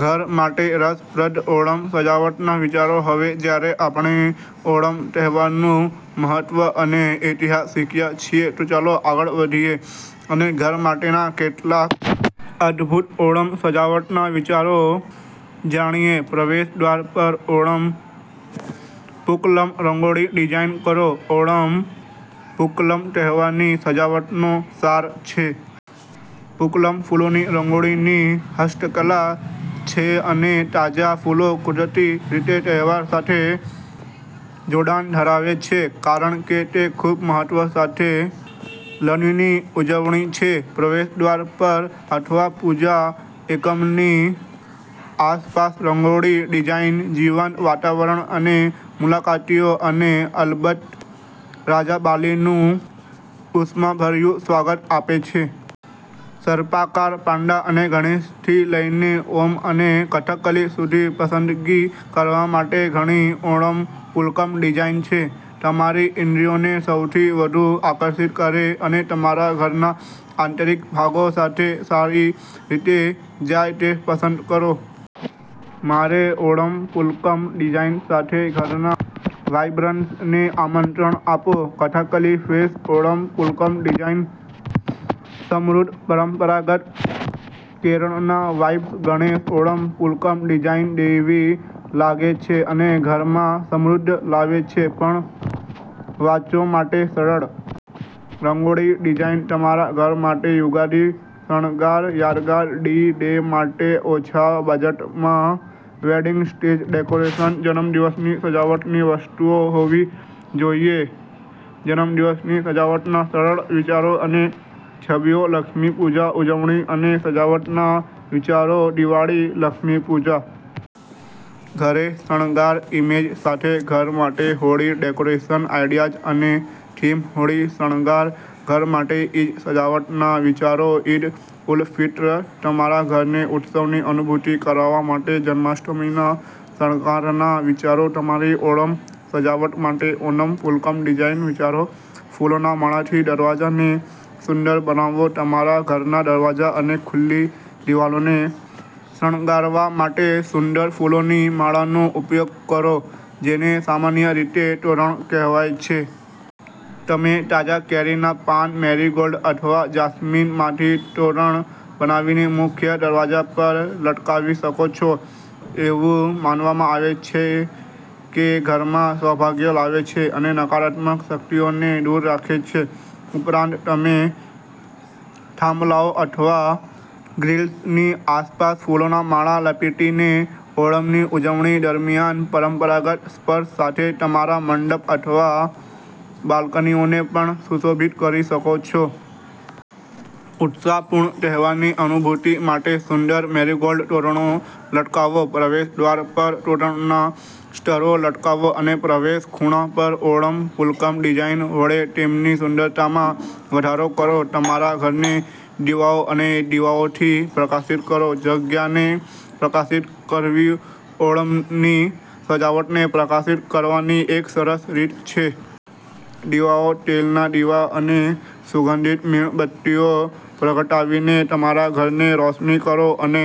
ઘર માટે રસપ્રદ ઓણમ સજાવટના વિચારો હવે જ્યારે આપણે ઓણમ તહેવારનું મહત્વ અને ઈતિહાસ શીખ્યા છીએ, તો ચાલો આગળ વધીએ અને ઘર માટેના કેટલાક અદ્ભુત ઓણમ સજાવટના વિચારો જાણીએપ્રવેશદ્વાર પર ઓણમ પૂકલમ રંગોળી ડિઝાઇન કરો ઓણમ પૂકલમતહેવારની સજાવટનો સાર છે. પુકલમફૂલોની રંગોળીની હસ્તકલા છેઅને તાજા ફૂલો કુદરતી રીતે તહેવાર સાથે જોડાણ ધરાવે છે કારણ કે તે ખૂબ મહત્વ સાથે લણીની ઉજવણી છે. પ્રવેશદ્વાર પર અથવા પૂજા એકમની આસપાસરંગોળી ડિઝાઇન જીવંત વાતાવરણ અને મુલાકાતીઓ અને અલબત્ત, રાજા બાલીનું ઉષ્માભર્યું સ્વાગત આપે છે. સર્પાકાર, પાંદડા અને ગણેશથી લઈનેઓમ અને કથકલી સુધી, પસંદગી કરવા માટે ઘણી ઓણમ પૂકલમ ડિઝાઇન છે. તમારી ઇન્દ્રિયોને સૌથી વધુ આકર્ષિત કરે અને તમારા ઘરના આંતરિક ભાગો સાથે સારી રીતે જાય તે પસંદ કરો. મારે ઓણમ પૂકલમ ડિઝાઇન સાથે ઘરના વાઇબ્રન્સને આમંત્રણ આપો કથકલી ફેસ ઓણમ પૂકલમ ડિઝાઇન સમૃદ્ધ, પરંપરાગત કેરળના વાઇબ્સ ગણેશ ઓણમ પૂકલમ ડિઝાઇન દૈવી લાગે છે અને ઘરમાં સમૃદ્ધ લાવે છે પણ વાંચોમાટે સરળ રંગોળી ડિઝાઇન તમારા ઘર માટે યુગાદી શણગાર, યાદગાર ડી ડે માટે ઓછા બજેટમાં વેડિંગ સ્ટેજ ડેકોરેશન, જન્મદિવસની સજાવટની વસ્તુઓ હોવીજોઈએજન્મદિવસની સજાવટના સરળ વિચારો અને છબીઓ, લક્ષ્મી પૂજા ઉજવણી અને સજાવટના વિચારોદિવાળી લક્ષ્મી પૂજા ઘરે શણગાર, ઈમેજ સાથે ઘર માટે હોળી ડેકોરેશન આઈડિયાઝ અને થીમ હોળી શણગાર, ઘર માટે ઈદ સજાવટના વિચારોઈદ ઉલ ફિત્ર, તમારા ઘરને ઉત્સવની અનુભૂતિ કરાવવા માટે જન્માષ્ટમીના શણગારના વિચારો, તમારી ઓણમ સજાવટ માટે ઓનમ પૂકલમ ડિઝાઇન વિચારો, ફૂલોના માળાથી દરવાજાને સુંદર બનાવો તમારા ઘરના દરવાજા અને ખુલ્લી દિવાલોને શણગારવા માટે સુંદર ફૂલોની માળાનો ઉપયોગ કરો, જેને સામાન્ય રીતે તોરણ કહેવાય છે. તમે તાજા કેરીના પાન, મેરીગોલ્ડ અથવા જાસ્મીનમાંથી તોરણ બનાવીને મુખ્ય દરવાજા પર લટકાવી શકો છો. એવું માનવામાં આવે છે કેઘરમાં સૌભાગ્ય લાવે છે અને નકારાત્મક શક્તિઓને દૂર રાખે છે. ઉપરાંત, તમે થાંભલાઓ અથવા ગ્રિલ્સની આસપાસ ફૂલોના માળા લપેટીને ઓણમની ઉજવણી દરમિયાન પરંપરાગત સ્પર્શ સાથે તમારા મંડપ અથવા બાલ્કનીઓને પણ સુશોભિત કરી શકો છો. ઉત્સાહપૂર્ણ તહેવારની અનુભૂતિ માટે સુંદર મેરીગોલ્ડ તોરણો લટકાવો પ્રવેશ દ્વાર પર તોરણના સ્તરો લટકાવો અને પ્રવેશ ખૂણા પર ઓણમ પૂકલમ ડિઝાઇન વડે તેમની સુંદરતામાં વધારો કરો તમારા ઘરને દીવાઓ અને દીવાઓથી પ્રકાશિત કરો જગ્યાને પ્રકાશિત કરવીઓણમની સજાવટને પ્રકાશિત કરવાની એક સરસ રીત છે. દીવાઓ, તેલના દીવા અને સુગંધિત મીણબત્તીઓ પ્રગટાવીને તમારા ઘરને રોશની કરો અને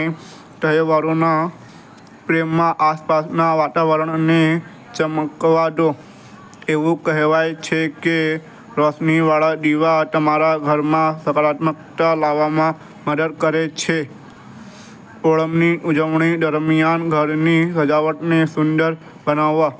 તહેવારોના પ્રેમમાં આસપાસના વાતાવરણને ચમકવા દો. એવું કહેવાય છે કે રોશનીવાળા દીવા તમારા ઘરમાં સકારાત્મકતા લાવવામાં મદદ કરે છે. ઓણમની ઉજવણી દરમિયાન ઘરની સજાવટને સુંદર બનાવવા